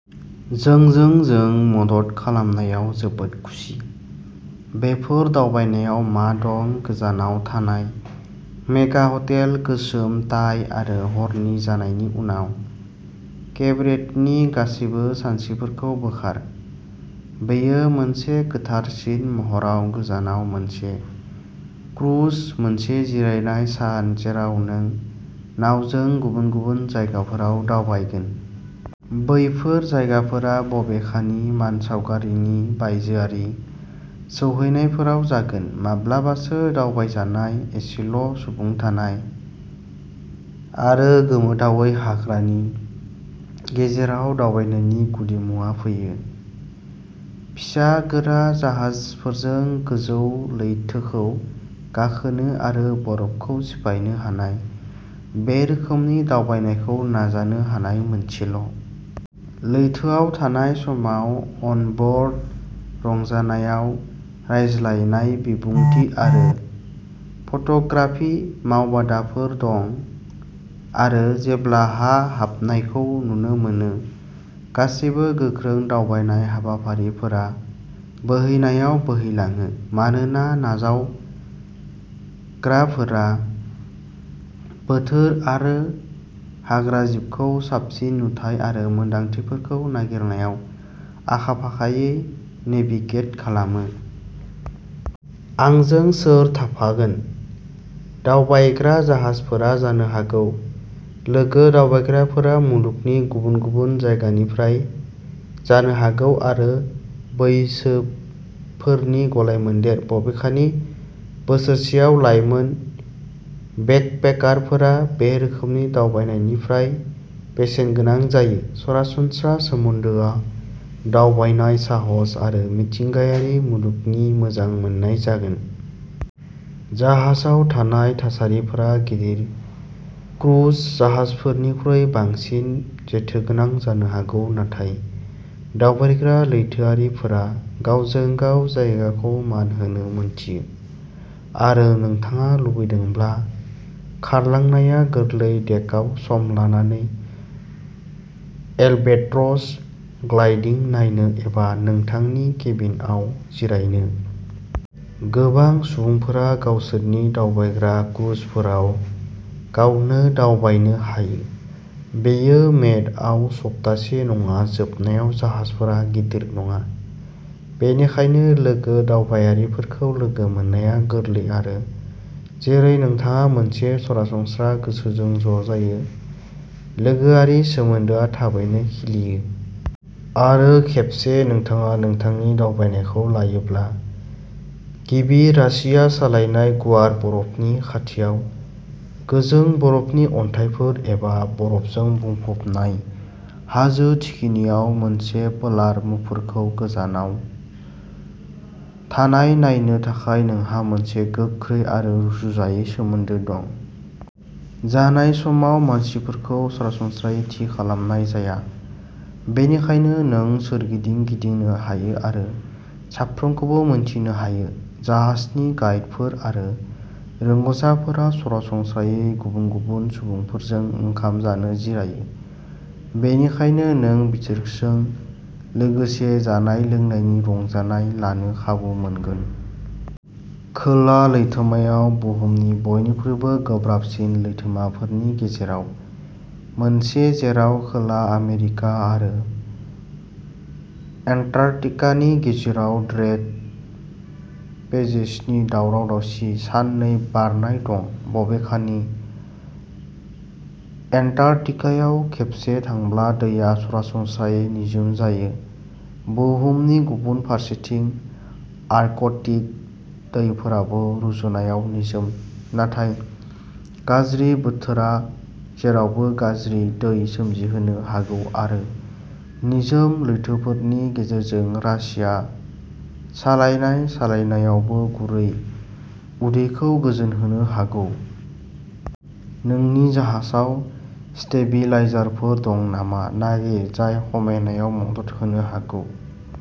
नोंजों जों मदद खालामनायाव जोबोद खुसि। बेफोर दावबायनायाव मा दं गोजावना थानाय मेगा हटेल गोसोम टाइ आरो हरनि जानायनि उनाव केबरेटनि गासैबो सानस्रिफोरखौ बोखार। बेयो मोनसे गोथारसिन महराव गोजावनाय मोनसे क्रुज मोनसे जिरायनाय सान जेराव नों नावजों गुबुन गुबुन जायगाफोराव दावबायगोन। बैफोर जायगाफोरा बबेखानि मानसावगारिनि बायजोआरि सौहैनायफोराव जागोन माब्लाबासो दावबायजानाय एसेल'सुबुं थानाय आरो गोमोथावै हाग्रानि। जेराव दावबायनायनि गुदिमुवा फैयो फिसा गोरा जाहाजफोरजों गोजौ लैथोखौ गाखोनो आरो बरफखौ सिफायनो हानाय बे रोखोमनि दावबायनायखौ नाजानो हानाय मोनसेल'। लैथोआव थानाय समाव अनबोर्ड रंजानायाव रायज्लायनाय बिबुंथि आरो फट'ग्राफि मावबादाफोर दं आरो जेब्ला हा हाबनायखौ नुनो मोनो गासैबो गोख्रों दावबायनाय हाबाफारिफोरा बोहैनायाव बोहैलाङो मानोना नावजावग्राफोरा बोथोर आरो हाग्राजिबखौ साबसिन नुथाय आरो मोनदांथिफोरखौ नागिरनायाव आखा फाखायै नेभिगेट खालामो। आंजों सोर थाफागोन दावबायग्रा जाहाजफोरा जानो हागौ। लोगो दावबायग्राफोरा मुलुगनि गुबुन गुबुन जायगानिफ्राय जानो हागौ आरो बैसोफोरनि गलायमोन्देर बबेखानि बोसोरसेआव लाइमोन बेकपेकारफोरा बे रोखोमनि दावबायनायनिफ्राय बेसेन गोनां जायो सरासनस्रा सोमोन्दोआ दावबायनाय साहस आरो मिथिंगायारि मुलुगनि मोजां मोननाय जागोन। जाहाजाव थानाय थासारिफोरा गिदिर क्रुज जाहाजफोरनिख्रुइ बांसिन जेथोगोनां जानो हागौ नाथाय दावबायग्रा लैथोआरिफोरा गावजों गाव जायगाखौ मान होनो मिन्थियो आरो नोंथाङा लुबैदोंब्ला खारलांनाया गोरलै डेकआव सम लानानै एलबेट्रस ग्लाइडिं नायनो एबा नोंथांनि केबिनआव जिरायनो। गोबां सुबुंफोरा गावसोरनि दावबायग्रा क्रुजफोराव गावनो दावबायनो हायो। बेयो मेडआव सप्तासे नङा जोबनायाव जाहाजफोरा गिदिर नङा बेनिखायनो लोगो दावबायारिफोरखौ लोगो मोननाया गोरलै आरो जेरै नोंथाङा मोनसे सरासनस्रा गोसोजों ज'जायो लोगोआरि सोमोन्दोआ थाबैनो खिलियो। आरो खेबसे नोंथाङा नोंथांनि दावबायनायखौ लायोब्ला। गिबि रासिया सालायनाय गुवार बरफनि खाथियाव गोजों बरफनि अन्थाइफोर एबा बरफजों बुंफबनाय हाजो थिखिनियाव मोनसे पोलार मुफुरखौ गोजावना थानाय नायनो थाखाय नोंहा मोनसे गोख्रै आरो रुजुजायै सोमोन्दो दं। जानाय समाव मासिफोरखौ सरासनस्रायै थि खालामनाय जाया बेनिखायनो नों सोरगिदिं गिदिंनो हायो आरो साफ्रोमखौबो मिन्थिनो हायो। जाहाजनि गाइडफोर आरो रोंग'साफोरा सरासनस्रायै गुबुन गुबुन सुबुंफोरजों ओंखाम जानो जिरायो बेनिखायनो नों बिसोरजों लोगोसे जानाय लोंनायनि रंजानाय लानो खाबु मोनगोन। खोला लैथोमाया बुहुमनि बयनिख्रुइबो गोब्राबसिन लैथोमाफोरनि गेजेराव मोनसे जेराव खोला आमेरिका आरो एन्टार्कटिकानि गेजेराव ड्रेक पेसेजनि दावराव दावसि साननै बारनाय दं। बबेखानि एन्टार्कटिकायाव खेबसे थांब्ला दैया सरासनस्रायै निजोम जायो। बुहुमनि गुबुन फारसेथिं आर्कटिक दैफोराबो रुजुनायाव निजोम नाथाय गाज्रि बोथोरा जेरावबो गाज्रि दै सोमजिहोनो हागौ आरो निजोम लैथोफोरनि गेजेरजों रासिया सालायनाय सालायनायाबो गुरै उदैखौ गोजोनहोनो हागौ। नोंनि जाहाजाव स्टेबिलाइजारफोर दं नामा नागिर जाय खमायनायाव मदद होनो हागौ।